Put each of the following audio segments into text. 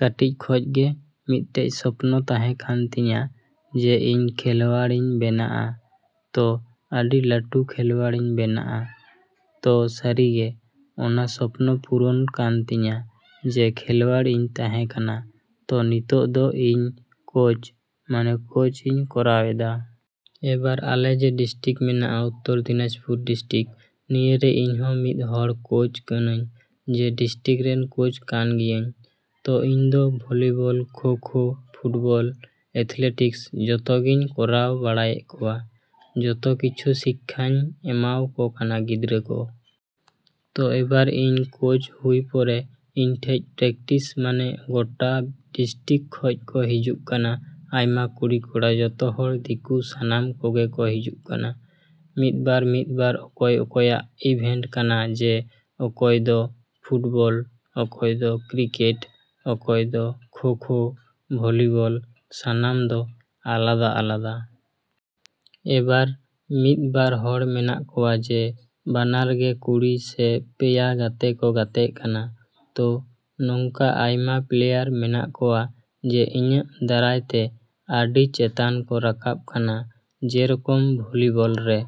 ᱠᱟᱹᱴᱤᱡ ᱠᱷᱚᱡ ᱜᱮ ᱢᱤᱫᱴᱮᱡ ᱥᱚᱯᱱᱚ ᱛᱟᱦᱮᱸ ᱠᱟᱱ ᱛᱤᱧᱟ ᱡᱮ ᱤᱧ ᱠᱷᱮᱞᱣᱟᱲ ᱤᱧ ᱵᱮᱱᱟᱜᱼᱟ᱾ ᱛᱚ ᱟᱹᱰᱤ ᱞᱟᱹᱴᱩ ᱠᱷᱮᱞᱣᱟᱲ ᱤᱧ ᱵᱮᱱᱟᱜᱼᱟ᱾ ᱛᱚ ᱥᱟᱹᱨᱤᱜᱮ ᱚᱱᱟ ᱥᱚᱯᱱᱚ ᱯᱩᱨᱚᱱ ᱠᱟᱱ ᱛᱤᱧᱟ ᱡᱮ ᱠᱷᱮᱞᱣᱟᱲ ᱤᱧ ᱛᱟᱦᱮᱸ ᱠᱟᱱᱟ᱾ ᱛᱚ ᱱᱤᱛᱚᱜ ᱫᱚ ᱤᱧ ᱠᱳᱪ ᱢᱟᱱᱮ ᱠᱳᱪ ᱤᱧ ᱠᱚᱨᱟᱣᱮᱫᱟ᱾ ᱮᱵᱟᱨ ᱟᱞᱮ ᱡᱮ ᱰᱤᱥᱴᱤᱠ ᱢᱮᱱᱟᱜᱼᱟ ᱩᱛᱛᱚᱨ ᱫᱤᱱᱟᱡᱽᱯᱩᱨ ᱰᱤᱥᱴᱤᱠ ᱱᱤᱭᱟᱹᱨᱮ ᱤᱧᱦᱚᱸ ᱢᱤᱫ ᱦᱚᱲ ᱠᱳᱪ ᱠᱟᱹᱱᱟᱹᱧ ᱡᱮ ᱰᱤᱥᱴᱤᱠ ᱨᱮᱱ ᱠᱳᱪ ᱠᱟᱱ ᱜᱤᱭᱟᱹᱧ᱾ ᱛᱚ ᱤᱧᱫᱚ volleyball, kho kho, football, athletics ᱡᱚᱛᱚᱜᱮᱧ ᱠᱚᱨᱟᱣ ᱵᱟᱲᱟᱭᱮᱜ ᱠᱚᱣᱟ, ᱡᱚᱛᱚ ᱠᱤᱪᱷᱩᱧ ᱥᱤᱠᱠᱷᱟᱧ ᱮᱢᱟᱣᱠᱚ ᱠᱟᱱᱟ ᱜᱤᱫᱽᱨᱟᱹ ᱠᱚ᱾ ᱛᱚ ᱮᱵᱟᱨ ᱤᱧ ᱠᱳᱪ ᱦᱩᱭ ᱯᱚᱨᱮ ᱤᱧᱴᱷᱮᱡ ᱯᱨᱮᱠᱴᱤᱥ ᱢᱟᱱᱮ ᱜᱳᱴᱟ ᱰᱤᱥᱴᱤᱠ ᱠᱷᱚᱡ ᱠᱚ ᱦᱤᱡᱩᱜ ᱠᱟᱱᱟ ᱟᱭᱢᱟ ᱠᱩᱲᱤ ᱠᱚᱲᱟ ᱡᱚᱛᱚ ᱦᱚᱲ ᱫᱤᱠᱩ ᱥᱟᱱᱟᱢ ᱠᱚᱜᱮ ᱠᱚ ᱦᱤᱡᱩᱜ ᱠᱟᱱᱟ᱾ ᱢᱤᱫᱵᱟᱨ ᱢᱤᱫᱵᱟᱨ ᱚᱠᱚᱭ ᱚᱠᱚᱭᱟᱜ ᱤᱵᱷᱮᱱᱴ ᱠᱟᱱᱟ ᱡᱮ ᱚᱠᱚᱭᱫᱚ ᱯᱷᱩᱴᱵᱚᱞ, ᱚᱠᱚᱭᱫᱚ ᱠᱨᱤᱠᱮᱴ, ᱚᱠᱚᱭ ᱫᱚ ᱠᱷᱳᱸ ᱠᱷᱳᱸ, ᱵᱷᱚᱞᱤᱵᱚᱞ ᱥᱟᱱᱟᱢ ᱫᱚ ᱟᱞᱟᱫᱟ ᱟᱞᱟᱫᱟ᱾ ᱮᱵᱟᱨ ᱢᱤᱫ ᱵᱟᱨ ᱦᱚᱲ ᱢᱮᱱᱟᱜ ᱠᱚᱣᱟ ᱡᱮ ᱵᱟᱱᱟᱨ ᱜᱮ ᱠᱩᱲᱤ ᱥᱮ ᱯᱮᱭᱟ ᱜᱟᱛᱮ ᱠᱚ ᱜᱟᱛᱮᱜ ᱠᱟᱱᱟ᱾ ᱛᱳ ᱱᱚᱝᱠᱟ ᱟᱭᱢᱟ ᱯᱞᱮᱭᱟᱨ ᱢᱮᱱᱟᱜ ᱠᱚᱣᱟ ᱡᱮ ᱤᱧᱟᱹᱜ ᱫᱟᱨᱟᱭ ᱛᱮ ᱟᱹᱰᱤ ᱪᱮᱛᱟᱱ ᱠᱚ ᱨᱟᱠᱟᱵ ᱠᱟᱱᱟ ᱡᱮᱨᱚᱠᱚᱢ ᱵᱷᱚᱞᱤᱵᱚᱞ ᱨᱮ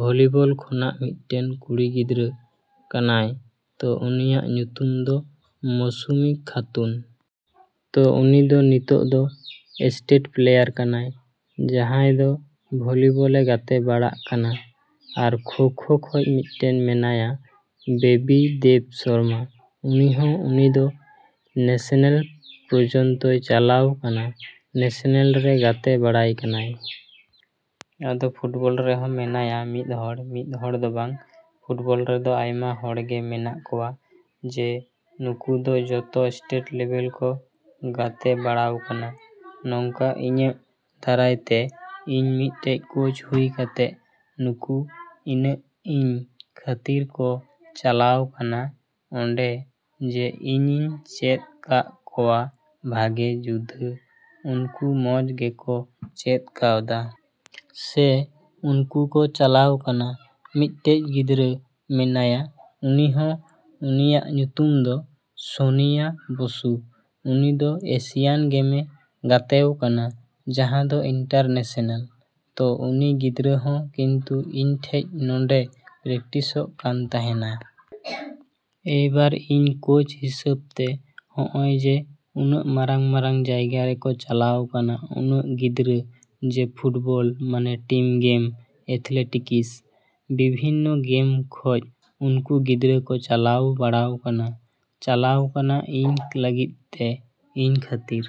ᱵᱷᱚᱞᱤᱵᱚᱞ ᱠᱷᱚᱱᱟᱜ ᱢᱤᱫᱴᱮᱱ ᱠᱩᱲᱤ ᱜᱤᱫᱽᱨᱟᱹ ᱠᱟᱱᱟᱭ ᱛᱚ ᱩᱱᱤᱭᱟᱜ ᱧᱩᱛᱩᱢ ᱫᱚ ᱢᱳᱥᱩᱢᱤ ᱠᱷᱟᱛᱩᱱ᱾ ᱛᱚ ᱩᱱᱤ ᱫᱚ ᱱᱤᱛᱚᱜ ᱫᱚ ᱮᱥᱴᱮᱴ ᱯᱞᱮᱭᱟᱨ ᱠᱟᱱᱟᱭ ᱡᱟᱦᱟᱸᱭ ᱫᱚ ᱵᱷᱚᱞᱤᱵᱚᱞ ᱮ ᱜᱟᱛᱮᱵᱟᱲᱟᱜ ᱠᱟᱱᱟ᱾ ᱟᱨ ᱠᱷᱳᱸ ᱠᱷᱳᱸ ᱠᱷᱚᱡ ᱢᱤᱫᱴᱮᱡ ᱢᱮᱱᱟᱭᱟ ᱵᱮᱵᱤ ᱫᱮᱵ ᱥᱚᱨᱢᱟ᱾ ᱩᱱᱤ ᱦᱚᱸ ᱩᱱᱤ ᱫᱚ ᱱᱮᱥᱮᱱᱮᱞ ᱯᱨᱚᱡᱚᱱᱛᱚᱭ ᱪᱟᱞᱟᱣ ᱠᱟᱱᱟ, ᱱᱮᱥᱮᱱᱮᱞ ᱨᱮ ᱜᱟᱛᱮ ᱵᱟᱲᱟᱭ ᱠᱟᱱᱟᱭ᱾ ᱟᱫᱚ ᱯᱷᱩᱴᱵᱚᱞ ᱨᱮᱦᱚᱸ ᱢᱮᱱᱟᱭᱟ ᱢᱤᱫ ᱦᱚᱲ, ᱢᱤᱫ ᱦᱚᱲ ᱫᱚᱵᱟᱝ ᱯᱷᱩᱴᱵᱚᱞ ᱨᱮᱫᱚ ᱟᱭᱢᱟ ᱦᱚᱲᱜᱮ ᱢᱮᱱᱟᱜ ᱠᱚᱣᱟ ᱡᱮ ᱱᱩᱠᱩ ᱫᱚ ᱡᱚᱛᱚ ᱥᱴᱮᱴ ᱞᱮᱵᱮᱞ ᱠᱚ ᱜᱟᱛᱮ ᱵᱟᱲᱟᱣ ᱠᱟᱱᱟ᱾ ᱱᱚᱝᱠᱟ ᱤᱧᱟᱹᱜ ᱫᱟᱨᱟᱭ ᱛᱮ ᱤᱧ ᱢᱤᱫᱴᱮᱡ ᱠᱳᱪ ᱦᱩᱭ ᱠᱟᱛᱮ ᱱᱩᱠᱩ ᱤᱱᱟᱹᱜ ᱤᱧ ᱠᱷᱟᱹᱛᱤᱨ ᱠᱚ ᱪᱟᱞᱟᱣ ᱠᱟᱱᱟ ᱚᱸᱰᱮ ᱡᱮ ᱤᱧᱤᱧ ᱪᱮᱫ ᱠᱟᱜ ᱠᱚᱣᱟ ᱵᱷᱟᱜᱮ ᱡᱩᱫᱟᱹ ᱩᱱᱠᱩ ᱢᱚᱡᱽ ᱜᱮᱠᱚ ᱪᱮᱫ ᱠᱟᱣᱫᱟ᱾ ᱥᱮ ᱩᱱᱠᱩ ᱠᱚ ᱪᱟᱞᱟᱣ ᱠᱟᱱᱟ ᱾ ᱢᱤᱫᱴᱮᱡ ᱜᱤᱫᱽᱨᱟᱹ ᱢᱮᱱᱟᱭᱟ ᱩᱱᱤ ᱦᱚᱸ ᱩᱱᱤᱭᱟᱜ ᱧᱩᱛᱩᱢ ᱫᱚ ᱥᱳᱱᱤᱭᱟ ᱵᱚᱥᱩ᱾ ᱩᱱᱤᱫᱚ ᱮᱥᱤᱭᱟᱱ ᱜᱮᱢᱮ ᱜᱟᱛᱮᱣ ᱠᱟᱱᱟ ᱡᱟᱦᱟᱸ ᱫᱚ ᱤᱱᱴᱟᱨᱱᱮᱥᱮᱱᱮᱞ᱾ ᱛᱚ ᱩᱱᱤ ᱜᱤᱫᱽᱨᱟᱹ ᱦᱚᱸ ᱠᱤᱱᱛᱩ ᱤᱧ ᱴᱷᱮᱡ ᱱᱚᱰᱮ ᱯᱨᱮᱠᱤᱥᱚᱜ ᱠᱟᱱ ᱛᱟᱦᱮᱱᱟ᱾ ᱮᱭᱵᱟᱨ ᱤᱧ ᱠᱳᱪ ᱦᱤᱥᱟᱹᱵ ᱛᱮ ᱦᱚᱜᱼᱚᱸᱭ ᱡᱮ ᱩᱱᱟᱹᱜ ᱢᱟᱨᱟᱝ ᱢᱟᱨᱟᱝ ᱡᱟᱭᱜᱟ ᱨᱮᱠᱚ ᱪᱟᱞᱟᱣ ᱠᱟᱱᱟ ᱩᱱᱟᱹᱜ ᱜᱤᱫᱽᱨᱟᱹ ᱡᱮ ᱯᱷᱩᱴᱵᱚᱞ ᱢᱟᱱᱮ ᱴᱤᱢ ᱜᱮᱢ, ᱮᱛᱷᱞᱮᱴᱤᱠᱤᱥ ᱵᱤᱵᱷᱤᱱᱱᱚ ᱜᱮᱢ ᱠᱷᱚᱡ ᱩᱱᱠᱚ ᱜᱤᱫᱽᱨᱟᱹ ᱠᱚ ᱪᱟᱞᱟᱣ ᱵᱟᱲᱟᱣ ᱠᱟᱱᱟ, ᱪᱟᱞᱟᱣ ᱠᱟᱱᱟ ᱤᱧ ᱞᱟᱹᱜᱤᱫ ᱛᱮ, ᱤᱧ ᱠᱷᱟᱹᱛᱤᱨ᱾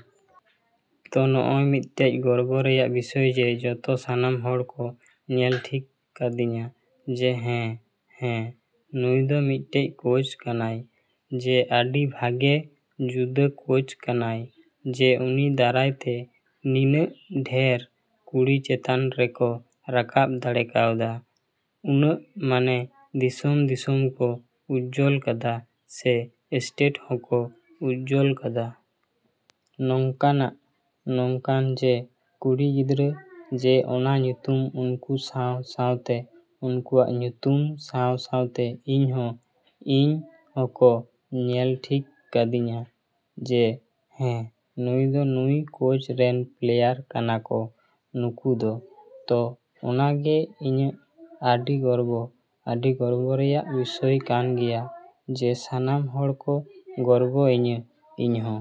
ᱛᱚ ᱱᱚᱜᱼᱚᱸᱭ ᱢᱤᱫᱴᱮᱡ ᱜᱚᱨᱵᱚ ᱨᱮᱭᱟᱜ ᱵᱤᱥᱚᱭ ᱡᱮ ᱡᱚᱛᱚ ᱥᱟᱱᱟᱢ ᱦᱚᱲ ᱠᱚ ᱧᱮᱞ ᱴᱷᱤᱠ ᱠᱟᱫᱤᱧᱟ ᱡᱮ ᱦᱮᱸ ᱦᱮᱸ ᱱᱩᱭᱫᱚ ᱢᱤᱫᱴᱮᱡ ᱠᱳᱪ ᱠᱟᱱᱟᱭ ᱡᱮ ᱟᱹᱰᱤ ᱵᱷᱟᱜᱮ ᱡᱩᱫᱟᱹ ᱠᱳᱪ ᱠᱟᱱᱟᱭ ᱡᱮ ᱩᱱᱤ ᱫᱟᱨᱟᱭ ᱛᱮ ᱱᱤᱱᱟᱹᱜ ᱰᱷᱮᱨ ᱠᱩᱲᱤ ᱪᱮᱛᱟᱱ ᱨᱮᱠᱚ ᱨᱟᱠᱟᱵ ᱫᱟᱲᱮ ᱠᱟᱣᱫᱟ, ᱩᱱᱟᱹᱜ ᱢᱟᱱᱮ ᱫᱤᱥᱚᱢ ᱫᱤᱥᱚᱢ ᱠᱚ ᱩᱡᱡᱚᱞ ᱠᱟᱫᱟ ᱥᱮ ᱥᱴᱮᱴ ᱦᱚᱸᱠᱚ ᱩᱡᱡᱚᱞ ᱠᱟᱫᱟ᱾ ᱱᱚᱝᱠᱟᱱᱟᱜ ᱱᱚᱝᱠᱟᱱ ᱡᱮ ᱠᱩᱲᱤ ᱜᱤᱫᱽᱨᱟᱹ ᱡᱮ ᱚᱱᱟ ᱧᱩᱛᱩᱢ ᱩᱱᱠᱩ ᱥᱟᱶ ᱥᱟᱶᱛᱮ ᱩᱱᱠᱩᱣᱟᱜ ᱧᱩᱛᱩᱢ ᱥᱟᱶ ᱥᱟᱶᱛᱮ ᱤᱧᱦᱚᱸ ᱤᱧ ᱦᱚᱸᱠᱚ ᱧᱮᱞ ᱴᱷᱤᱠ ᱠᱟᱫᱤᱧᱟ ᱡᱮ ᱦᱮᱸ ᱱᱩᱭᱫᱚ ᱱᱩᱭ ᱠᱳᱪ ᱨᱮᱱ ᱯᱞᱮᱭᱟᱨ ᱠᱟᱱᱟᱠᱚ ᱱᱩᱠᱩ ᱫᱚ᱾ ᱛᱚ ᱚᱱᱟᱜᱮ ᱤᱧᱟᱹᱜ ᱟᱹᱰᱤ ᱜᱚᱨᱵᱚ, ᱟᱹᱰᱤ ᱜᱚᱨᱵᱚ ᱨᱮᱭᱟᱜ ᱵᱤᱥᱚᱭ ᱠᱟᱱ ᱜᱮᱭᱟ ᱡᱮ ᱥᱟᱱᱟᱢ ᱦᱚᱲ ᱠᱚ ᱜᱚᱨᱵᱚ ᱤᱧᱟᱹ ᱤᱧᱦᱚᱸ।